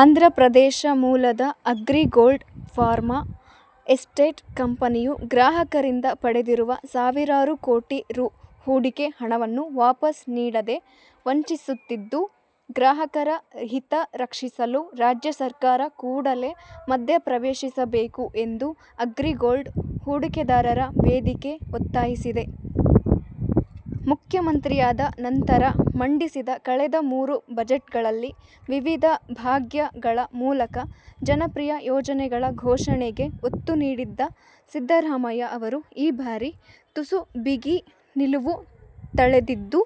ಆಂಧ್ರಪ್ರದೇಶ ಮೂಲದ Agrigold pharma estate ಕಂಪನಿಯು ಗ್ರಾಹಕರಿಂದ ಪಡೆದಿರುವ ಸಾವಿರಾರು ಕೋಟಿ ರೂ. ಹೂಡಿಕೆ ಹಣವನ್ನು ವಾಪಸ್ ನೀಡದೆ ವಂಚಿಸುತ್ತಿದ್ದು, ಗ್ರಾಹಕರ ಹಿತ ರಕ್ಷಿಸಲು ರಾಜ್ಯ ಸರ್ಕಾರ ಕೂಡಲೇ ಮಧ್ಯಪ್ರವೇಶಿಸಬೇಕು ಎಂದು ಅಗ್ರಿಗೋಲ್ಡ್ ಹೂಡಿಕೆದಾರರ ವೇದಿಕೆ ಒತ್ತಾಯಿಸಿದೆ. ಮುಖ್ಯಮಂತ್ರಿಯಾದ ನಂತರ ಮಂಡಿಸಿದ ಕಳೆದ ಮೂರು ಬಜೆಟ್ಗಳಲ್ಲಿ ವಿವಿಧ 'ಭಾಗ್ಯ'ಗಳ ಮೂಲಕ ಜನಪ್ರಿಯ ಯೋಜನೆಗಳ ಘೋಷಣೆಗೆ ಒತ್ತು ನೀಡಿದ್ದ ಸಿದ್ದರಾಮಯ್ಯ ಅವರು ಈ ಬಾರಿ ತುಸು ಬಿಗಿ ನಿಲುವು ತಳೆದಿದ್ದು,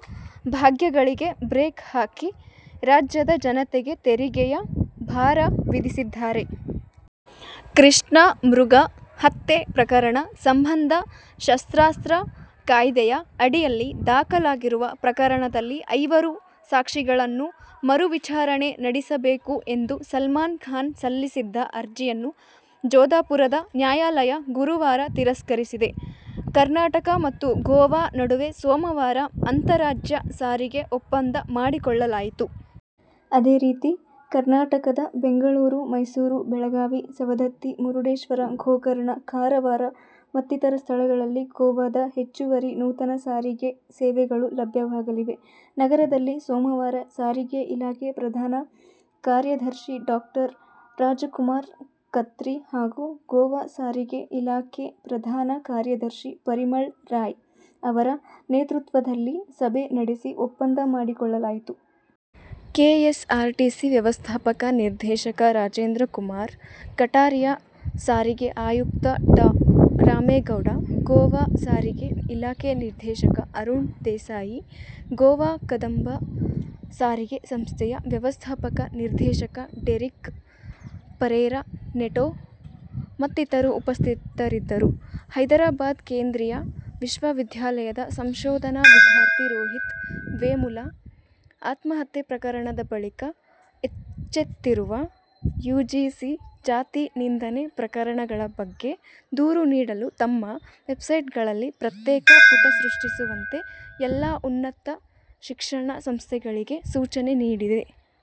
ಭಾಗ್ಯಗಳಿಗೆ ಬ್ರೇಕ್ ಹಾಕಿ ರಾಜ್ಯದ ಜನತೆಗೆ ತೆರಿಗೆಯ ಭಾರ ವಿಧಿಸಿದ್ದಾರೆ. ಕೃಷ್ಣ ಮೃಗ ಹತ್ಯೆ ಪ್ರಕಣ ಸಂಬಂಧ ಶಸ್ತ್ರಾಸ್ತ್ರ ಕಾಯ್ದೆಯ ಅಡಿಯಲ್ಲಿ ದಾಖಲಾಗಿರುವ ಪ್ರಕರಣದಲ್ಲಿ ಐವರು ಸಾಕ್ಷಿಗಳನ್ನು ಮರು ವಿಚಾರಣೆ ನಡೆಸಬೇಕು ಎಂದು ಸಲ್ಮಾನ್ ಖಾನ್ ಸಲ್ಲಿಸಿದ್ದ ಅರ್ಜಿಯನ್ನು ಜೋಧಪುರದ ನ್ಯಾಯಾಲಯ ಗುರುವಾರ ತಿರಸ್ಕರಿಸಿದೆ. ಕರ್ನಾಟಕ ಮತ್ತು ಗೋವಾ ನಡುವೆ ಸೋಮವಾರ ಅಂತಾರಾಜ್ಯ ಸಾರಿಗೆ ಒಪ್ಪಂದ ಮಾಡಿಕೊಳ್ಳಲಾಯಿತು. ಅದೇ ರೀತಿ, ಕರ್ನಾಟಕದ ಬೆಂಗಳೂರು, ಮೈಸೂರು, ಬೆಳಗಾವಿ, ಸವದತ್ತಿ, ಮುರುಡೇಶ್ವರ, ಗೋಕರ್ಣ, ಕಾರವಾರ ಮತ್ತಿತರ ಸ್ಥಳಗಳಲ್ಲಿ ಗೋವಾದ ಹೆಚ್ಚುವರಿ/ ನೂತನ ಸಾರಿಗೆ ಸೇವೆಗಳು ಲಭ್ಯವಾಗಲಿವೆ. ನಗರದಲ್ಲಿ ಸೋಮವಾರ ಸಾರಿಗೆ ಇಲಾಖೆ ಪ್ರಧಾನ ಕಾರ್ಯದರ್ಶಿ ಡಾ. ರಾಜಕುಮಾರ್ ಖತ್ರಿ ಹಾಗೂ ಗೋವಾ ಸಾರಿಗೆ ಇಲಾಖೆ ಪ್ರಧಾನ ಕಾರ್ಯದರ್ಶಿ ಪರಿಮಳ್ ರಾಯ್ ಅವರ ನೇತೃತ್ವದಲ್ಲಿ ಸಭೆ ನಡೆಸಿ ಒಪ್ಪಂದ ಮಾಡಿಕೊಳ್ಳಲಾಯಿತು. ಕೆಎಸ್ಆರ್ಟಿಸಿ ವ್ಯವಸ್ಥಾಪಕ ನಿರ್ದೇಶಕ ರಾಜೇಂದ್ರಕುಮಾರ್ ಕಟಾರಿಯಾ, ಸಾರಿಗೆ ಆಯುಕ್ತ ಡಾ ರಾಮೇಗೌಡ, ಗೋವಾ ಸಾರಿಗೆ ಇಲಾಖೆ ನಿರ್ದೇಶಕ ಅರುಣ್ ದೇಸಾಯಿ, ಗೋವಾ ಕದಂಬ ಸಾರಿಗೆ ಸಂಸ್ಥೆಯ ವ್ಯವಸ್ಥಾಪಕ ನಿರ್ದೇಶಕ ಡೆರೀಕ್ ಪರೇರಾ ನೆಟೋ ಮತ್ತಿತರರು ಉಪಸ್ಥಿತರಿದ್ದರು. ಹೈದರಾಬಾದ್ ಕೇಂದ್ರೀಯ ವಿಶ್ವವಿದ್ಯಾಲಯದ ಸಂಶೋಧನಾ ವಿದ್ಯಾರ್ಥಿ ರೋಹಿತ್ ವೇಮುಲ ಆತ್ಮಹತ್ಯೆ ಪ್ರಕರಣದ ಬಳಿಕ ಎಚ್ಚೆತ್ತಿರುವ ಯುಜಿಸಿ, ಜಾತಿ ನಿಂದನೆ ಪ್ರಕರಣಗಳ ಬಗ್ಗೆ ದೂರು ನೀಡಲು ತಮ್ಮ ವೆಬ್ಸೈಟ್ಗಳಲ್ಲಿ ಪ್ರತ್ಯೇಕ ಪುಟ ಸೃಷ್ಟಿಸುವಂತೆ ಎಲ್ಲಾ ಉನ್ನತ ಶಿಕ್ಷಣ ಸಂಸ್ಥೆಗಳಿಗೆ ಸೂಚನೆ ನೀಡಿದೆ.